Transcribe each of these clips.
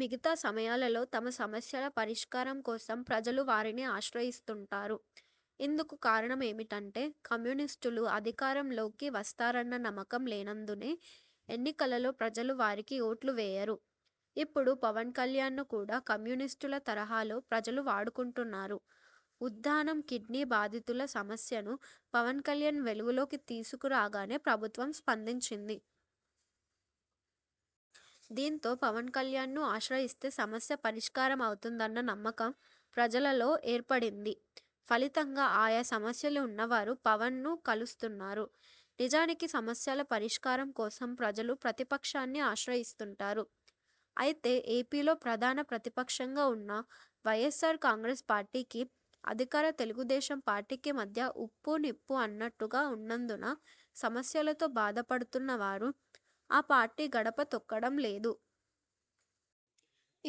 మిగతా సమయాలలో తమ సమస్యల పరిష్కారం కోసం ప్రజలు వారిని ఆశ్రయిస్తుంటారు. ఇందుకు కారణం ఏమిటంటే కమ్యూనిస్టులు అధికారం లోకి వస్తారన్న నమ్మకం లేనందునే ఎన్నికలలో ప్రజలు వారికి ఓట్లు వేయరు. ఇప్పుడు పవన్ కల్యాణ్ను కూడా కమ్యూనిస్టుల తరహాలో ప్రజలు వాడుకుంటున్నారు. ఉద్ధానం కిడ్నీ బాధితుల సమస్యను పవన్ కల్యాణ్ వెలుగులోకి తీసుకు రాగానే ప్రభుత్వం స్పందించింది. దీంతో పవన్ కల్యాణ్ను ఆశ్రయిస్తే సమస్య పరిష్కారం అవుతుందన్న నమ్మకం ప్రజలలో ఏర్పడింది. ఫలితంగా ఆయా సమస్యలు ఉన్నవారు పవన్ను కలుస్తున్నారు. నిజానికి సమస్యల పరిష్కారం కోసం ప్రజలు ప్రతిపక్షాన్ని ఆశ్రయిస్తుంటారు. అయితే ఏపీలో ప్రధాన ప్రతిపక్షంగా ఉన్న వై. ఎస్. ఆర్ కాంగ్రెస్ పార్టీకి, అధికార తెలుగుదేశం పార్టీకి మధ్య ఉప్పు, నిప్పు అన్నట్టుగా ఉన్నందున సమస్యలతో బాధపడుతున్నవారు ఆ పార్టీ గడప తొక్కడం లేదు.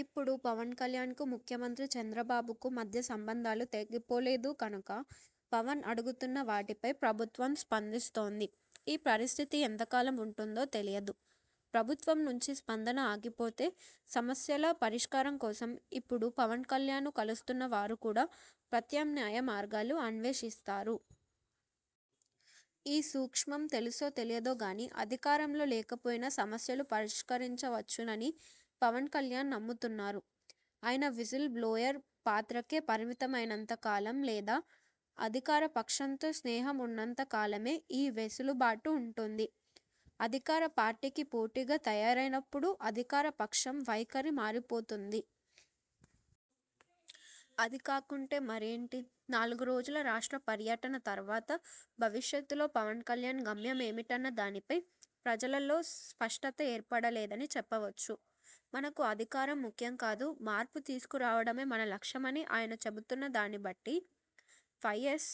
ఇప్పుడు పవన్ కల్యాణ్ కు ముఖ్యమంత్రి చంద్రబాబుకు మధ్య సంబంధాలు తెగిపోలేదు కనుక పవన్ అడుగుతున్న వాటిపై ప్రభుత్వం స్పందిస్తోంది. ఈ పరిస్థితి ఎంతకాలం ఉంటుందో తెలియదు. ప్రభుత్వం నుంచి స్పందన ఆగిపోతే సమస్యల పరిష్కారం కోసం ఇప్పుడు పవన్ కల్యాణ్ ను కలుస్తున్న వారు కూడా ప్రత్యామ్నాయ మార్గాలు అన్వేషిస్తారు. ఈ సూక్ష్మం తెలుసో తెలియదో గానీ, అధికారంలో లేకపోయినా సమస్యలు పరిష్కరించవచ్చునని పవన్ కల్యాణ్ నమ్ముతున్నారు. ఆయన విజిల్ బ్లోయర్ పాత్రకే పరిమితమైనంత కాలం లేదా అధికార పక్షంతో స్నేహం ఉన్నంత కాలమే ఈ వెసులుబాటు ఉంటుంది. అధికార పార్టీకి పోటీగా తయారైనప్పుడు అధికార పక్షం వైఖరి మారిపోతుంది. అది కాకుంటే మరేంటి? నాలుగు రోజుల రాష్ట్ర పర్యటన తర్వాత భవిష్యత్తులో పవన్ కల్యాణ్ గమ్యం ఏమిటన్న దానిపై ప్రజలలో స్పష్టత ఏర్పడలేదనే చెప్పవచ్చు. మనకు అధికారం ముఖ్యం కాదు. మార్పు తీసుకురావడమే మన లక్ష్యం అని ఆయన చెబుతున్న దాన్ని బట్టి వై. ఎస్.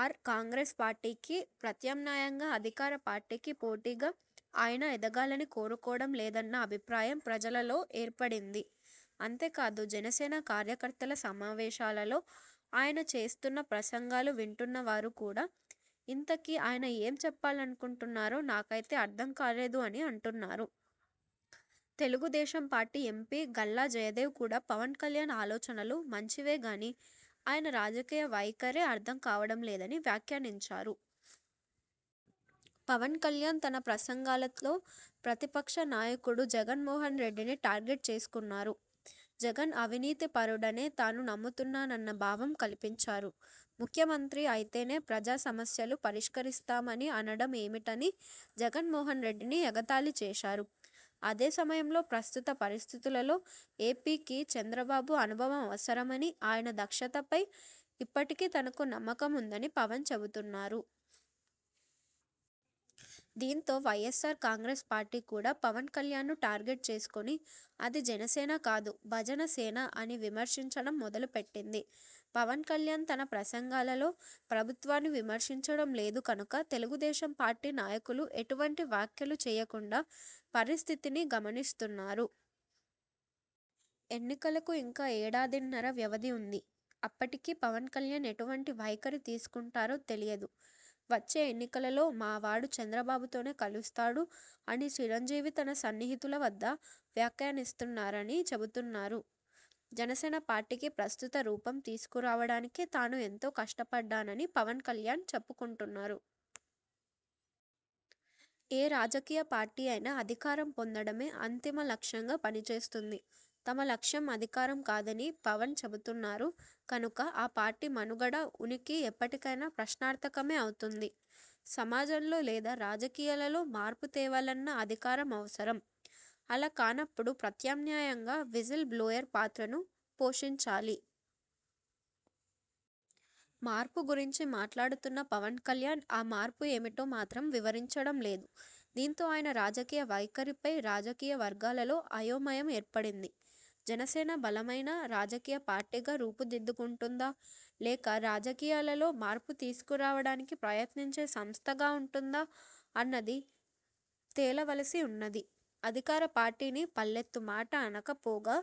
ఆర్. కాంగ్రెస్ పార్టీకి ప్రత్యామ్నాయంగా, అధికార పార్టీకి పోటీగా ఆయన ఎదగాలని కోరుకోవడం లేదన్న అభిప్రాయం ప్రజలలో ఏర్పడింది. అంతేకాదు జనసేన కార్యకర్తల సమావేశాలలో ఆయన చేస్తున్న ప్రసంగాలు వింటున్నవారు కూడా ఇంతకీ ఆయన ఏం చెప్పాలనుకుంటున్నారో నాకైతే అర్థం కాలేదు అని అంటున్నారు. తెలుగుదేశం పార్టీ ఎంపీ గల్లా జయదేవ్ కూడా పవన్ కల్యాణ్ ఆలోచనలు మంచివే గానీ, ఆయన రాజకీయ వైఖరే అర్థం కావడం లేదని వ్యాఖ్యానించారు. పవన్ కల్యాణ్ తన ప్రసంగాలలో ప్రతిపక్ష నాయకుడు జగన్ మోహన్ రెడ్డిని టార్గెట్ చేసుకున్నారు. జగన్ అవినీతి పరుడనే తాను నమ్ముతున్నానన్న భావం కల్పించారు. ముఖ్యమంత్రి అయితేనే ప్రజా సమస్యలు పరిష్కరిస్తామని అనడం ఏమిటని జగన్ మోహన్ రెడ్డిని ఎగతాళి చేశారు. అదే సమయంలో ప్రస్తుత పరిస్థితులలో ఏపీ కి చంద్రబాబు అనుభవం అవసరమని, ఆయన దక్షతపై ఇప్పటికీ తనకు నమ్మకం ఉందని పవన్ చెబుతున్నారు. దీంతో Y. S. R. Congress party కూడా పవన్ కల్యాణ్ ను టార్గెట్ చేసుకుని 'అది జనసేన కాదు, భజన సేన' అని విమర్శించడం మొదలుపెట్టింది. పవన్ కల్యాణ్ తన ప్రసంగాలలో ప్రభుత్వాన్ని విమర్శించడం లేదు కనుక తెలుగుదేశం పార్టీ నాయకులు ఎటువంటి వ్యాఖ్యలూ చేయకుండా పరిస్థితిని గమనిస్తున్నారు. ఎన్నికలకు ఇంకా ఏడాదిన్నర వ్యవధి ఉంది. అప్పటికి పవన్ కల్యాణ్ ఎటువంటి వైఖరి తీసుకుంటారో తెలియదు. వచ్చే ఎన్నికలలో మా వాడు చంద్రబాబుతోనే కలుస్తాడు అని చిరంజీవి తన సన్నిహితుల వద్ద వ్యాఖ్యానిస్తున్నారని చెబుతున్నారు. జనసేన పార్టీకి ప్రస్తుత రూపం తీసుకురావడానికి తాను ఎంతో కష్టపడ్డానని పవన్ కల్యాణ్ చెప్పుకొంటున్నారు. ఏ రాజకీయ పార్టీ అయినా అధికారం పొందడమే అంతిమ లక్ష్యంగా పనిచేస్తుంది. తమ లక్ష్యం అధికారం కాదని పవన్ చెబుతున్నారు కనుక ఆ పార్టీ మనుగడ, ఉనికి ఎప్పటికైనా ప్రశ్నార్థకమే అవుతుంది. సమాజంలో లేదా రాజకీయాలలో మార్పు తేవాలన్నా అధికారం అవసరం. అలా కానప్పుడు ప్రత్యామ్నాయంగా విజిల్ బ్లోయర్ పాత్రను పోషించాలి. మార్పు గురించి మాట్లాడుతున్న పవన్ కల్యాణ్ ఆ మార్పు ఏమిటో మాత్రం వివరించడం లేదు. దీంతో ఆయన రాజకీయ వైఖరిపై రాజకీయవర్గాలలో అయోమయం ఏర్పడింది. జనసేన బలమైన రాజకీయ పార్టీగా రూపు దిద్దుకుంటుందా? లేక రాజకీయాలలో మార్పు తీసుకురావడానికి ప్రయత్నించే సంస్థగా ఉంటుందా? అన్నది తేలవలసి ఉన్నది. అధికార పార్టీని పల్లెత్తు మాట అనకపోగా,